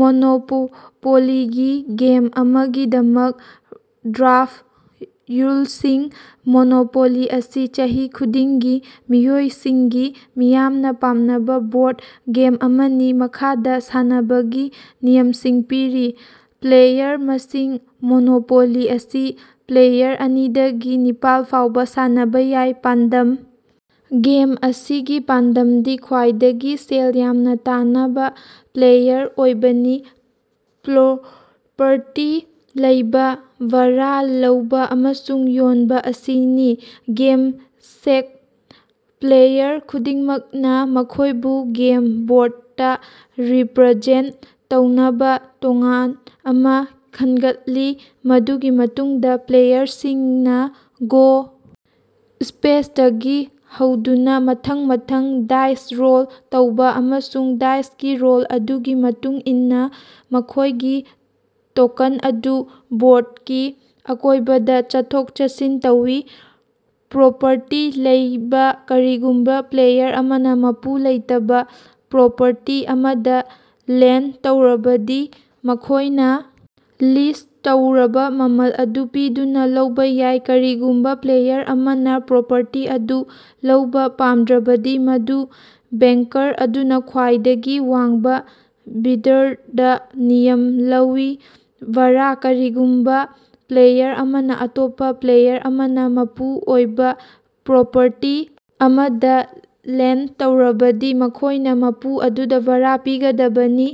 ꯃꯣꯅꯣꯄꯣꯂꯤꯒꯤ game ꯑꯃꯒꯤꯗꯃꯛ draft ꯔꯨꯜꯁꯤꯡ꯫ Monopoly ꯑꯁꯤ ꯆꯍꯤ ꯈꯨꯗꯤꯡꯒꯤ ꯃꯤꯑꯣꯏꯁꯤꯡꯒꯤ ꯃꯤꯌꯥꯝꯅ ꯄꯥꯝꯅꯕ ꯕꯣꯔꯗ ꯒꯦꯝ ꯑꯃꯅꯤ꯫ ꯃꯈꯥꯗ ꯁꯥꯟꯅꯕꯒꯤ ꯅꯤꯌꯝꯁꯤꯡ ꯄꯤꯔꯤ - ꯄ꯭ꯂꯦꯌꯔ ꯃꯁꯤꯡ - ꯃꯣꯅꯣꯄꯣꯂꯤ ꯑꯁꯤ ꯄ꯭ꯂꯦꯌꯔ ꯑꯅꯤꯗꯒꯤ ꯅꯤꯄꯥꯜ ꯐꯥꯎꯕ ꯁꯥꯟꯅꯕ ꯌꯥꯏ꯫ ꯄꯥꯟꯗꯝ - ꯒꯦꯝ ꯑꯁꯤꯒꯤ ꯄꯥꯟꯗꯝꯗꯤ ꯈ꯭ꯋꯥꯏꯗꯒꯤ ꯁꯦꯜ ꯌꯥꯝꯅ ꯇꯥꯅꯕ ꯄ꯭ꯂꯦꯌꯔ ꯑꯣꯏꯕꯅꯤ, ꯄ꯭ꯔꯣꯄꯔꯇꯤ ꯂꯧꯕ, ꯚꯥꯔꯥ ꯂꯧꯕ ꯑꯃꯁꯨꯡ ꯌꯣꯟꯕ ꯑꯁꯤꯅꯤ꯫ ꯒꯦꯝ ꯁꯦꯠꯑꯞ - ꯄ꯭ꯂꯦꯌꯔ ꯈꯨꯗꯤꯡꯃꯛꯅ ꯃꯈꯣꯏꯕꯨ ꯒꯦꯝ ꯕꯣꯔꯗꯇꯥ ꯔꯤꯄꯔꯖꯦꯟꯇ ꯇꯧꯅꯕ ꯇꯣꯉꯥꯟ ꯑꯃ ꯈꯟꯒꯠꯂꯤ꯫ ꯃꯗꯨꯒꯤ ꯃꯇꯨꯡꯗ ꯄ꯭ꯂꯦꯌꯔꯁꯤꯡꯅ ꯒꯣ ꯁ꯭ꯄꯦꯁꯇꯒꯤ ꯍꯧꯗꯨꯅ ꯃꯊꯪ ꯃꯊꯪ ꯗꯥꯏꯁ ꯔꯣꯜ ꯇꯧꯕ ꯑꯃꯁꯨꯡ ꯗꯥꯏꯁꯀꯤ ꯔꯣꯜ ꯑꯗꯨꯒꯤ ꯃꯇꯨꯡ ꯏꯟꯅ ꯃꯈꯣꯏꯒꯤ ꯇꯣꯀꯦꯟ ꯑꯗꯨ ꯕꯣꯔꯗꯀꯤ ꯑꯀꯣꯏꯕꯗ ꯆꯠꯊꯣꯛ-ꯆꯠꯁꯤꯟ ꯇꯧꯏ꯫ ꯄ꯭ꯔꯣꯄꯔꯇꯤ ꯂꯩꯕ - ꯀꯔꯤꯒꯨꯝꯕ ꯄ꯭ꯂꯦꯌꯔ ꯑꯃꯅ ꯃꯄꯨ ꯂꯩꯇꯕꯥ ꯄ꯭ꯔꯣꯄꯔꯇꯤ ꯑꯃꯗ ꯂꯦꯟ꯭ꯗ ꯇꯧꯔꯕꯗꯤ ꯃꯈꯣꯏꯅ ꯂꯤꯁ꯭ꯠ ꯇꯧꯔꯕ ꯃꯃꯜ ꯑꯗꯨ ꯄꯤꯗꯨꯅ ꯂꯧꯕ ꯌꯥꯏ꯫ ꯀꯔꯤꯒꯨꯝꯕ ꯄ꯭ꯂꯦꯌꯔ ꯑꯃꯅ ꯄ꯭ꯔꯣꯄꯔꯇꯤ ꯑꯗꯨ ꯂꯧꯕ‌ ꯄꯥꯝꯗ꯭ꯔꯕꯗꯤ, ꯃꯗꯨ ꯕꯦꯡꯀꯔ ꯑꯗꯨꯅ‌ ꯈ꯭ꯋꯥꯏꯗꯒꯤ ꯋꯥꯡꯕ‌‌ ꯕꯤꯗ꯭ꯗꯔꯗꯥ ꯅꯤꯂꯥꯝ ꯂꯥꯎꯏ꯫ ꯚꯥꯔꯥ - ꯀꯔꯤꯒꯨꯝꯕ ꯄ꯭ꯂꯦꯌꯔ ꯑꯃꯅ‌ ꯑꯇꯣꯞꯄꯥ ꯄ꯭ꯂꯦꯌꯔ ꯑꯃꯅ ꯃꯄꯨ ꯑꯣꯏꯕ ꯄ꯭ꯔꯣꯄꯔꯇꯤ ꯑꯃꯗ ꯂꯦꯟ꯭ꯗ ꯇꯧꯔꯕꯗꯤ ꯃꯈꯣꯏꯅ ꯃꯄꯨ ꯑꯗꯨꯗ ꯚꯥꯔꯥ ꯄꯤꯒꯗꯕꯅꯤ꯫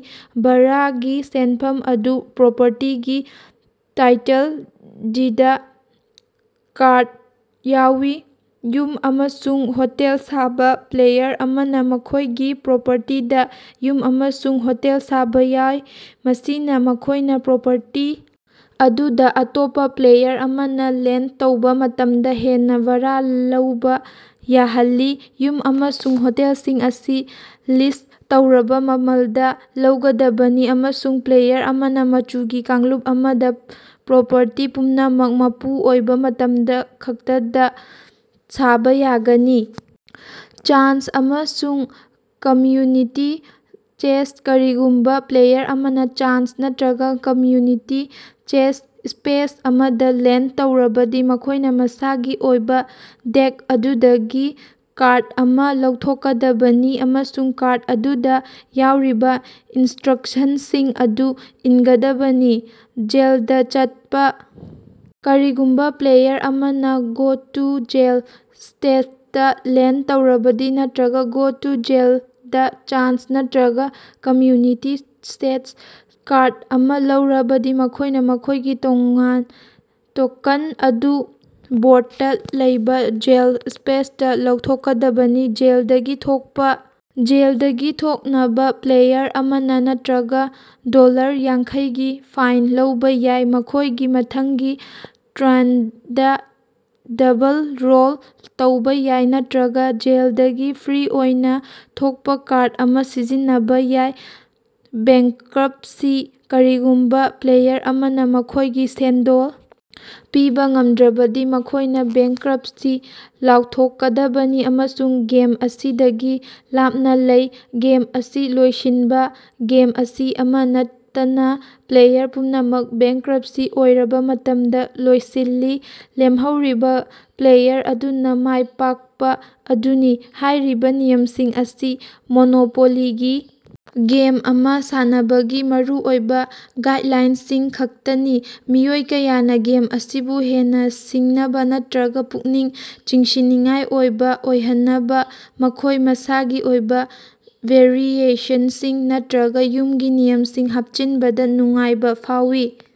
ꯚꯥꯔꯥꯒꯤ ꯁꯦꯟꯐꯝ ꯑꯗꯨ ꯄ꯭ꯔꯣꯄꯔꯇꯤꯒꯤ ꯇꯥꯏꯇꯜ ꯗꯤꯗ ꯀꯥꯔꯗꯇꯥ ꯌꯥꯎꯏ꯫ ꯌꯨꯝ ꯑꯃꯁꯨꯡ ꯍꯣꯇꯦꯜ ꯁꯥꯕ - ꯄ꯭ꯂꯦꯌꯔ ꯑꯃꯅ ꯃꯈꯣꯏꯒꯤ ꯄ꯭ꯔꯣꯄꯔꯇꯤꯗ ꯌꯨꯝ ꯑꯃꯁꯨꯡ ꯍꯣꯇꯦꯜ ꯁꯥꯕ ꯌꯥꯏ, ꯃꯁꯤꯅ ꯃꯈꯣꯏꯅ ꯄ꯭ꯔꯣꯄꯔꯇꯤ ꯑꯗꯨꯗ‌ ꯑꯇꯣꯞꯄ ꯄ꯭ꯂꯦꯌꯔ ꯑꯃꯅ ꯂꯦꯟ꯭ꯗ ꯇꯧꯕ ꯃꯇꯝꯗ ꯍꯦꯟꯅ ꯚꯥꯔꯥ ꯂꯧꯕ ꯌꯥꯍꯜꯂꯤ꯫ ꯌꯨꯝ ꯑꯃꯁꯨꯡ ꯍꯣꯇꯦꯜꯁꯤꯡ ꯑꯁꯤ ꯂꯤꯁ꯭ꯠ ꯇꯧꯔꯕ ꯃꯃꯜꯗ ꯂꯧꯒꯗꯕꯅꯤ ꯑꯃꯁꯨꯡ ꯄ꯭ꯂꯦꯌꯔ ꯑꯃꯅ ꯃꯆꯨꯒꯤ ꯀꯥꯡꯂꯨꯞ ꯑꯃꯗ ꯄ꯭ꯔꯣꯄꯔꯇꯤ ꯄꯨꯝꯅꯃꯛ ꯃꯄꯨ ꯑꯣꯏꯕ ꯃꯇꯝꯗ ꯈꯛꯇꯗ ꯁꯥꯕ ꯌꯥꯒꯅꯤ꯫ ꯆꯥꯟꯁ ꯑꯃꯁꯨꯡ ꯀꯝꯃ꯭ꯌꯨꯅꯤꯇꯤ ꯆꯦꯁ꯭ꯠ - ꯀꯔꯤꯒꯨꯝꯕ ꯄ꯭ꯂꯦꯌꯔ ꯑꯃꯅ ꯆꯥꯟꯁ ꯅꯠꯇꯔꯒ ꯀꯝꯃ꯭ꯌꯨꯅꯤꯇꯤ ꯆꯦꯁ꯭ꯠ ꯁ꯭ꯄꯦꯁ ꯑꯃꯗ ꯂꯦꯟꯗ ꯇꯧꯔꯕꯗꯤ ꯃꯈꯣꯏꯅ ꯃꯁꯥꯒꯤ ꯑꯣꯏꯕ ꯗꯦꯛ ꯑꯗꯨꯗꯒꯤ ꯀꯥꯔꯗ ꯑꯃ ꯂꯧꯊꯣꯛꯀꯗꯕꯅꯤ ꯑꯃꯁꯨꯡ ꯀꯥꯔꯗ ꯑꯗꯨꯗ ꯌꯥꯎꯔꯤꯕ ꯏꯟꯁꯇ꯭ꯔꯛꯁꯟꯁꯤꯡ ꯑꯗꯨ ꯏꯟꯒꯗꯕꯅꯤ꯫ ꯖꯦꯜꯗꯥ ꯆꯠꯄꯥ - ꯀꯔꯤꯒꯨꯝꯕ ꯄ꯭ꯂꯦꯌꯔ ꯑꯃꯅ ꯒꯣ ꯇꯨ ꯖꯦꯜ‌ ꯁ꯭ꯄꯦꯁꯇ ꯂꯦꯟ꯭ꯗ ꯇꯧꯔꯕꯗꯤ, ꯅꯠꯇꯔꯒ ꯒꯣ ꯇꯨ ꯖꯦꯜꯗ ꯆꯥꯟꯁ ꯅꯠꯇꯔꯒ ꯀꯝꯃ‍꯭ꯌꯨꯅꯤꯇꯤ ꯆꯦꯁ꯭ꯠ ꯀꯥꯔꯗ ꯑꯃ ꯂꯧꯔꯕꯗꯤ, ꯃꯈꯣꯏꯅ ꯃꯈꯣꯏꯒꯤ ꯇꯣꯀꯦꯟ ꯑꯗꯨ ꯕꯣꯔꯗꯇ ꯂꯩꯕ ꯖꯦꯜ ꯁ꯭ꯄꯦꯁꯇꯥ ꯂꯧꯊꯣꯛꯀꯗꯕꯅꯤ꯫ ꯖꯦꯜꯗꯒꯤ ꯊꯣꯛꯄ - ꯖꯦꯜꯗꯒꯤ ꯊꯣꯛꯅꯕꯥ, ꯄ꯭ꯂꯦꯌꯔ ꯑꯃꯅ ꯅꯠꯇꯔꯒ ꯗꯣꯂꯔ ꯌꯥꯡꯈꯩꯒꯤ ꯐꯥꯏꯟ ꯂꯧꯕ ꯌꯥꯏ, ꯃꯈꯣꯏꯒꯤ ꯃꯊꯪꯒꯤ ꯇꯥ꯭ꯔꯝꯗꯥ ꯗꯕꯜ ꯔꯣꯜ ꯇꯧꯕ ꯌꯥꯏ, ꯅꯠꯇꯔꯒ ꯖꯦꯜꯗꯒꯤ ꯐ꯭ꯔꯤ ꯑꯣꯏꯅ‌ ꯊꯣꯛꯄ ꯀꯥꯔꯗ ꯑꯃ ꯁꯤꯖꯤꯟꯅꯕ ꯌꯥꯏ꯫ ꯕꯦꯡꯀ꯭ꯔꯞꯁꯤ - ꯀꯔꯤꯒꯨꯝꯕ ꯄ꯭ꯂꯦꯌꯔ ꯑꯃꯅ ꯃꯈꯣꯏꯒꯤ ꯁꯦꯟꯗꯣꯏ ꯄꯤꯕ ꯉꯝꯗ꯭ꯔꯕꯗꯤ ꯃꯈꯣꯏꯅ ꯕꯦꯡꯀ꯭ꯔꯞꯁꯤ ꯂꯥꯎꯊꯣꯛꯀꯗꯕꯅꯤ ꯑꯃꯁꯨꯡ ꯒꯦꯝ ꯑꯁꯤꯗꯒꯤ ꯂꯥꯞꯅ ꯂꯩ꯫ ꯒꯦꯝ ꯑꯁꯤ ꯂꯣꯏꯁꯤꯟꯕ - ꯒꯦꯝ ꯑꯁꯤ ꯑꯃ‌ ꯅꯠꯇꯅ ꯄ꯭ꯂꯦꯌꯔ ꯄꯨꯝꯅꯃꯛ ꯕꯦꯡꯀ꯭ꯔꯞꯁꯤ ꯑꯣꯏꯔꯕ ꯃꯇꯝꯗ ꯂꯣꯏꯁꯤꯜꯂꯤ꯫ ꯂꯦꯝꯍꯧꯔꯤꯕ ꯄ꯭ꯂꯦꯌꯔ ꯑꯗꯨꯅ ꯃꯥꯏꯄꯥꯛꯄ ꯑꯗꯨꯅꯤ꯫ ꯍꯥꯏꯔꯤꯕ ꯅꯤꯌꯝꯁꯤꯡ ꯑꯁꯤ ꯃꯣꯅꯣꯄꯣꯂꯤꯒꯤ ꯒꯦꯝ ꯑꯃ ꯁꯥꯟꯅꯕꯒꯤ ꯃꯔꯨꯑꯣꯏꯕ ꯒꯥꯏꯗꯂꯥꯏꯟꯁꯤꯡ ꯈꯛꯇꯅꯤ꯫ ꯃꯤꯑꯣꯏ ꯀꯌꯥꯅ ꯒꯦꯝ ꯑꯁꯤꯕꯨ ꯍꯦꯟꯅ ꯁꯤꯡꯅꯕ ꯅꯠꯇꯔꯒ ꯄꯨꯛꯅꯤꯡ ꯆꯤꯡꯁꯤꯟꯅꯤꯡꯉꯥꯏ ꯑꯣꯏꯕ ꯑꯣꯏꯍꯟꯅꯕ ꯃꯈꯣꯏ ꯃꯁꯥꯒꯤ ꯑꯣꯏꯕ ꯚꯦꯔꯤꯑꯦꯁꯟꯁꯤꯡ ꯅꯠꯇꯔꯒ ꯌꯨꯝꯒꯤ ꯅꯤꯌꯝꯁꯤꯡ ꯍꯥꯞꯆꯤꯟꯕꯗ ꯅꯨꯡꯉꯥꯏꯕ ꯐꯥꯎꯏ꯫